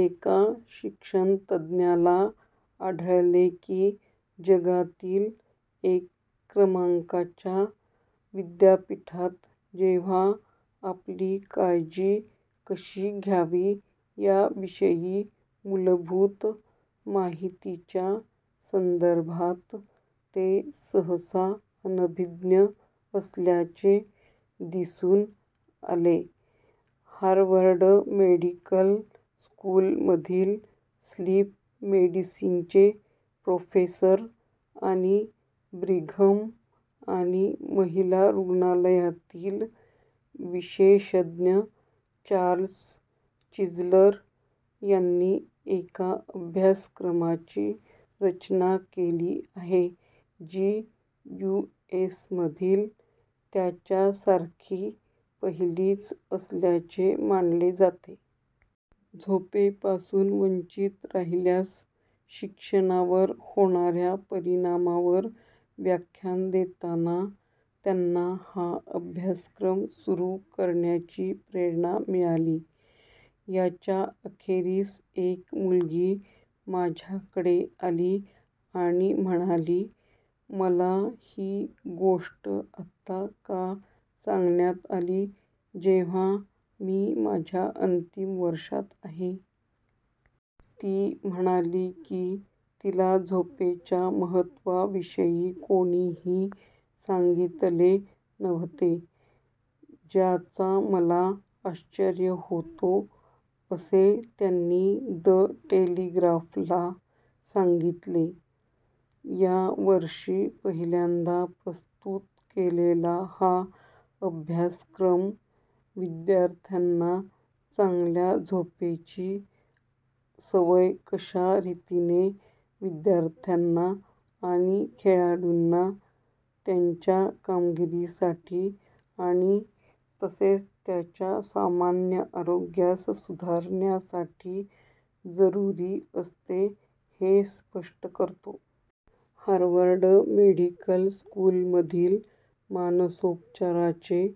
एका शिक्षणतज्ज्ञाला आढळले की जगातील एक क्रमांकाच्या विद्यापीठात जेव्हा आपली काळजी कशी घ्यावी याविषयी मुलभूत माहितीच्या संदर्भात ते सहसा अनभिज्ञ असल्याचे दिसून आले. हार्वर्ड मेडिकल स्कूलमधील स्लीप मेडिसिनचे प्रोफेसर आणि ब्रिघम आणि महिला रुग्णालयातील विशेषज्ञ चार्ल्स चिज्लर यांनी एका अभ्यासक्रमाची रचना केली आहे, जी यूएसमधील त्याच्यासारखी पहिलीच असल्याचे मानले जाते. झोपेपासून वंचित राहिल्यास शिक्षणावर होणाऱ्या परिणामावर व्याख्यान देताना त्यांना हा अभ्यासक्रम सुरु करण्याची प्रेरणा मिळाली. 'याच्या अखेरीस एक मुलगी माझ्याकडे आली आणि म्हणाली: 'मला ही गोष्ट आत्ता का सांगण्यात आली, जेव्हा मी माझ्या अंतिम वर्षात आहे? ती म्हणाली की तिला झोपेच्या महत्त्वाविषयी कोणीही सांगितले नव्हते – ज्याचा मला आश्चर्य होतो,' असे त्यांनी द टेलिग्राफला सांगितले. या वर्षी पहिल्यांदा प्रस्तुत केलेला हा अभ्यासक्रम, विद्यार्थ्यांना चांगल्या झोपेची सवय कशा रीतीने विद्यार्थ्यांना आणि खेळाडूंना त्यांच्या कामगिरीसाठी आणि तसेच त्याच्या सामान्य आरोग्यास सुधारण्यासाठी जरुरी असते, हे स्पष्ट करतो. हार्वर्ड मेडिकल स्कूलमधील मानसोपचाराचे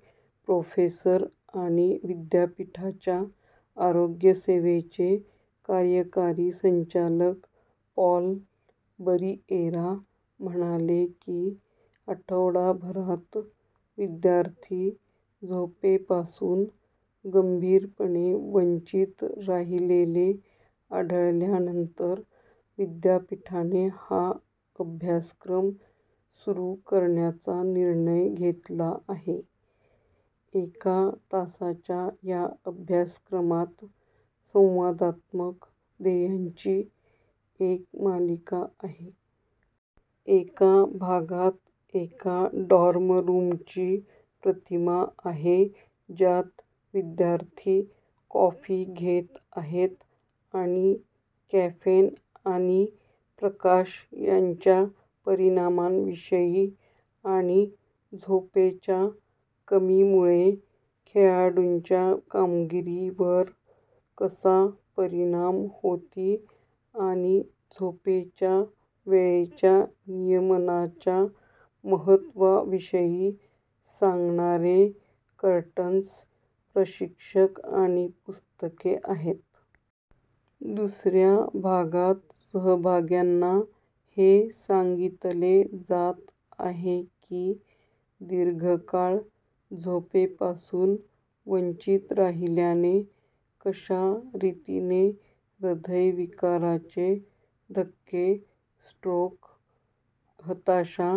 प्रोफेसर आणि विद्यापीठाच्या आरोग्य सेवेचे कार्यकारी संचालक पॉल बरिएरा म्हणाले की आठवडाभरात विद्यार्थी झोपेपासून गंभीरपणे वंचित राहिलेले आढळल्यानंतर विद्यापीठाने हा अभ्यासक्रम सुरु करण्याचा निर्णय घेतला आहे. एका तासाच्या या अभ्यासक्रमात संवादात्मक ध्येयांची एक मालिका आहे. एका भागात एका डॉर्म रूमची प्रतिमा आहे, ज्यात विद्यार्थी कॉफी घेत आहेत, आणि कॅफेन आणि प्रकाश यांच्या परिणामांविषयी आणि झोपेच्या कमीमुळे खेळाडूंच्या कामगिरीवर कसा परिणाम होती आणि झोपेच्या वेळेच्या नियमनाच्या महत्त्वाविषयी सांगणारे कर्टन्स, प्रशिक्षक आणि पुस्तके आहेत. दुसऱ्या भागात सहभाग्यांना हे सांगितले जात आहे की दीर्घकाळ झोपेपासून वंचित राहिल्याने कशा रीतीने हृदयविकाराचे धक्के, स्ट्रोक, हताशा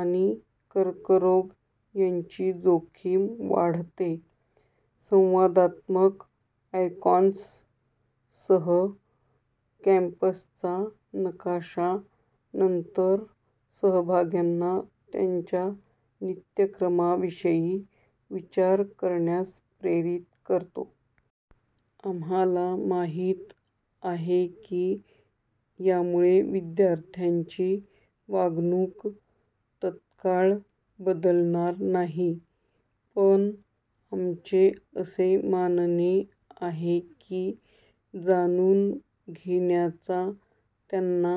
आणि कर्करोग यांची जोखीम वाढते. संवादात्मक आयकॉन्ससह कॅम्पसचा नकाशा नंतर सहभाग्यांना त्यांच्या नित्यक्रमाविषयी विचार करण्यास प्रेरित करतो. "आम्हाला माहित आहे की यामुळे विद्यार्थ्यांची वागणूक तत्काळ बदलणार नाही. पण आमचे असे मानणे आहे की जाणून घेण्याचा त्यांना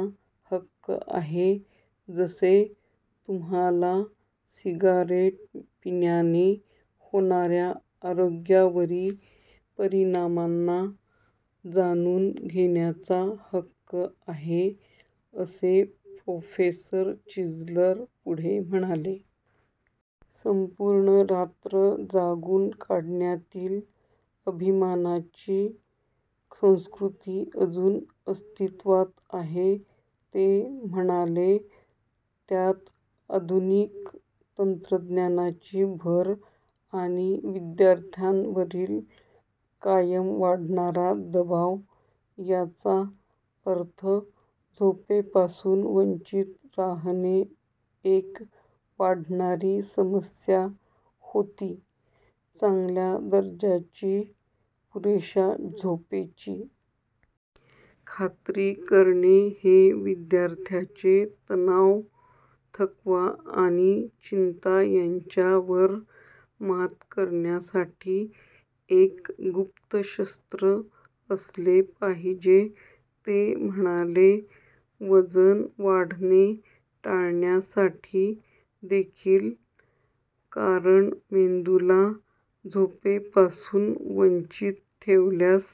हक्क आहे – जसे तुम्हाला सिगारेट पिण्याने होणाऱ्या आरोग्यावरी परिणामांना जाणून घेण्याचा हक्क आहे,' असे प्रोफेसर चिज्लर पुढे म्हणाले. 'संपूर्ण रात्र जागून काढण्यातील' अभिमानाची संस्कृती अजून अस्तित्वात आहे, ते म्हणाले, त्यात आधुनिक तंत्रज्ञानाची भर आणि विद्यार्थ्यांवरील कायम वाढणारा दबाव, याचा अर्थ झोपेपासून वंचित राहणे एक वाढणारी समस्या होती. चांगल्या दर्जाची, पुरेशा झोपेची खात्री करणे हे विद्यार्थ्याचे तणाव, थकवा आणि चिंता यांच्यावर मात करण्यासाठी एक गुप्त शस्त्र असले पाहिजे, ते म्हणाले – वजन वाढणे टाळण्यासाठी देखील, कारण मेंदूला झोपेपासून वंचित ठेवल्यास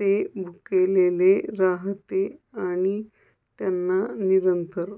ते भुकेलेले राहते आणि त्यांना निरंतर